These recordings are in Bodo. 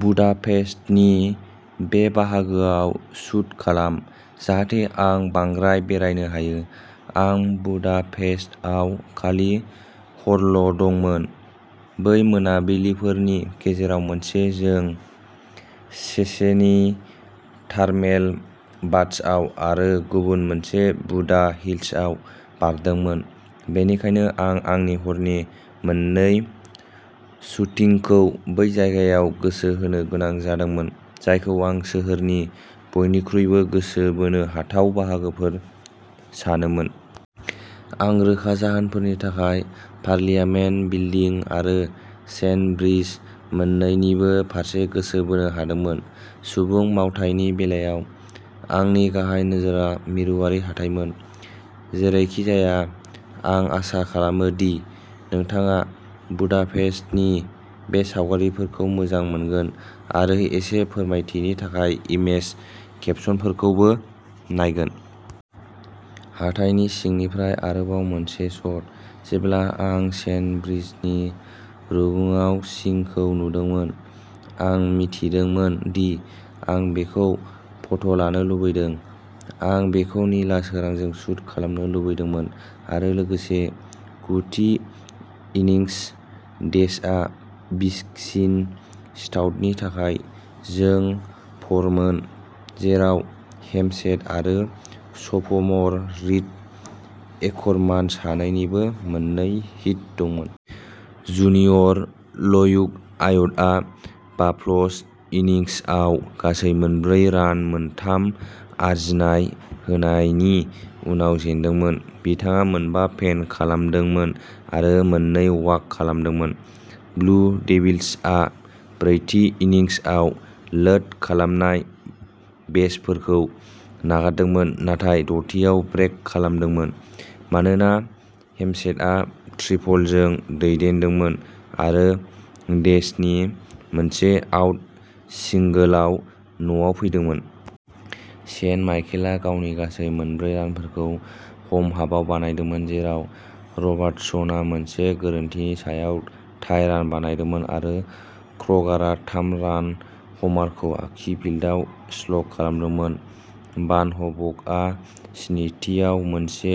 बुदापेस्टनि बे बाहागोआव शूट खालाम, जाहाथे आं बांद्राय बेरायनो हायो। आं बुदापेस्टआव खालि हरल'दंमोन। बै मोनाबिलिफोरनि गेजेराव मोनसे जों सेचेनी थार्मेल बाथ्सआव आरो गुबुन मोनसे बुदा हिल्सआव बारदोंमोन। बेनिखायनो, आं आंनि हरनि मोननै शुटिंखौ बै जायगायाव गोसो होनो गोनां जादोंमोन, जायखौ आं सोहोरनि बयनिख्रुइबो गोसो बोनो हाथाव बाहागोफोर सानोमोन। आं रोखा जाहोनफोरनि थाखाय, पार्लियामेन्ट बिल्डिं आरो चेन ब्रिज मोन्नैनिबो फारसे गोसो बोनो हादोंमोन। सुबुं मावथायनि बेलायाव, आंनि गाहाय नोजोरआ मिरुआरि हाथाइमोन। जेरैखिजाया, आं आसा खालामो दि नोंथाङा बुदापेस्टनि बे सावगारिफोरखौ मोजां मोनगोन आरो एसे फोरमायथिनि थाखाय इमेज केपशनफोरखौबो नायगोन। हाथाइनि सिंनिफ्राय आरोबाव मोनसे शट। जेब्ला आं चेन ब्रिजनि रुगुङाव सिंहखौ नुदोंमोन, आं मिथिदोंमोन दि आं बेखौ फट'लानो लुबैदों। आं बेखौ निला सोरांजों शूट खालामनो लुबैदोंमोन, आरो लोगोसे। - गुथि इनिंस। डेइसआ विस्कन्सिन-स्टाउटनि थाखाय जों -फर- मोन, जेराव हेमसेथ आरो स'फ'मर रीड एकरमान सानैनिबो मोननै हिट दंमोन। जुनियर ल्यूक आइडआ बा-प्लस इन्निंसआव गासै मोनब्रै रान-मोनथाम आरजिनाय-होनायनि उनाव जेनदोंमोन। बिथाङा मोनबा फेन खालामदोंमोन आरो मोननै वाक खालामदोंमोन। ब्लु डेविल्सआ ब्रैथि इन्निंसआव लोड खालामनाय बेसफोरखौ नागारदोंमोन नाथाय द'थिआव ब्रेक खालामदोंमोन, मानोना हेमसेथआ ट्रिपलजों दैदेनदोंमोन आरो डेइसनि मोनसे-आउट सिंगोलआव न'आव फैदोंमोन। सेन्ट माइकेलआ गावनि गासै मोनब्रै रानफोरखौ ह'म हाफआव बानायदोंमोन, जेराव रबार्टसनआ मोनसे गोरोन्थिनि सायाव टाइ रान बानायदोंमोन आरो क्र'गारआ थाम-रान ह'मारखौ आगसि फिल्दआव स्लग खालामदोंमोन। भानह'भआ स्निथिआव मोनसे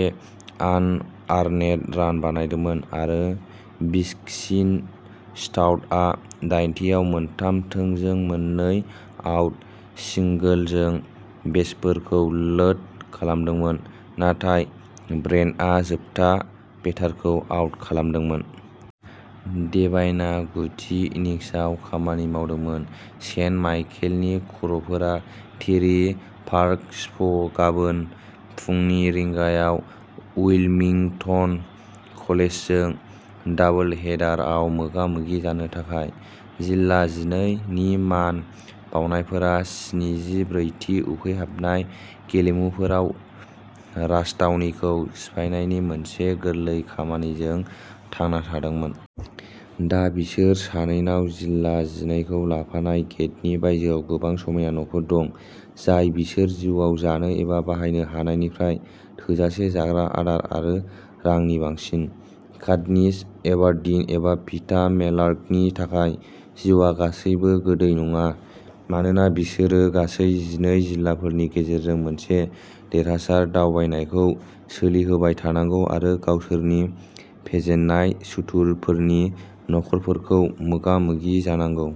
आनआर्नेड रान बानायदोंमोन, आरो विस्कन्सिन-स्टाउटआ दाइनथिआव मोनथाम थोंजों मोननै-आउट सिंगोलजों बेसफोरखौ लोड खालामदोंमोन, नाथाय ब्रेननआ जोबथा बेटारखौ आउट खालामदोंमोन। डेभाइनआ गुथि इन्निंसआव - खामानि मावदोंमोन। सेन्ट माइकेलनि खर'फोरा टेरि पार्क स्प' गाबोन फुंनि रिंगायाव उइलमिंटन कलेजजों डाबोलहेडारआव मोगा-मोगि जानो थाखाय। जिल्ला जिनै नि मान बाउनायफोरा स्निजि ब्रैथि उखैहाबनाय गेलेमुफोराव राजथावनिखौ सिफायनायनि मोनसे गोरलै खामानिजों थांना थादोंमोन। दा, बिसोर सानैनाव जिल्ला जिनैखौ लाफानाय गेट्ट'नि बायजोआव गोबां समायना न'फोर दं, जाय बिसोर जिउआव जानो एबा बाहायनो हानायनिफ्राय थोजासे जाग्रा आदार आरो रांनि बांसिन। काटनिस एभारडिन एबा पीटा मेलार्कनि थाखाय जिउआ गासैबो गोदै नङा, मानोना बिसोरो गासै जिनै जिल्लाफोरनि गेजेरजों मोनसे देरहासार दावबायनायखौ सोलिहोबाय थानांगौ आरो गावसोरनि फेजेनजानाय सुथुरफोरनि नखरफोरखौ मोगा-मोगि जानांगौ।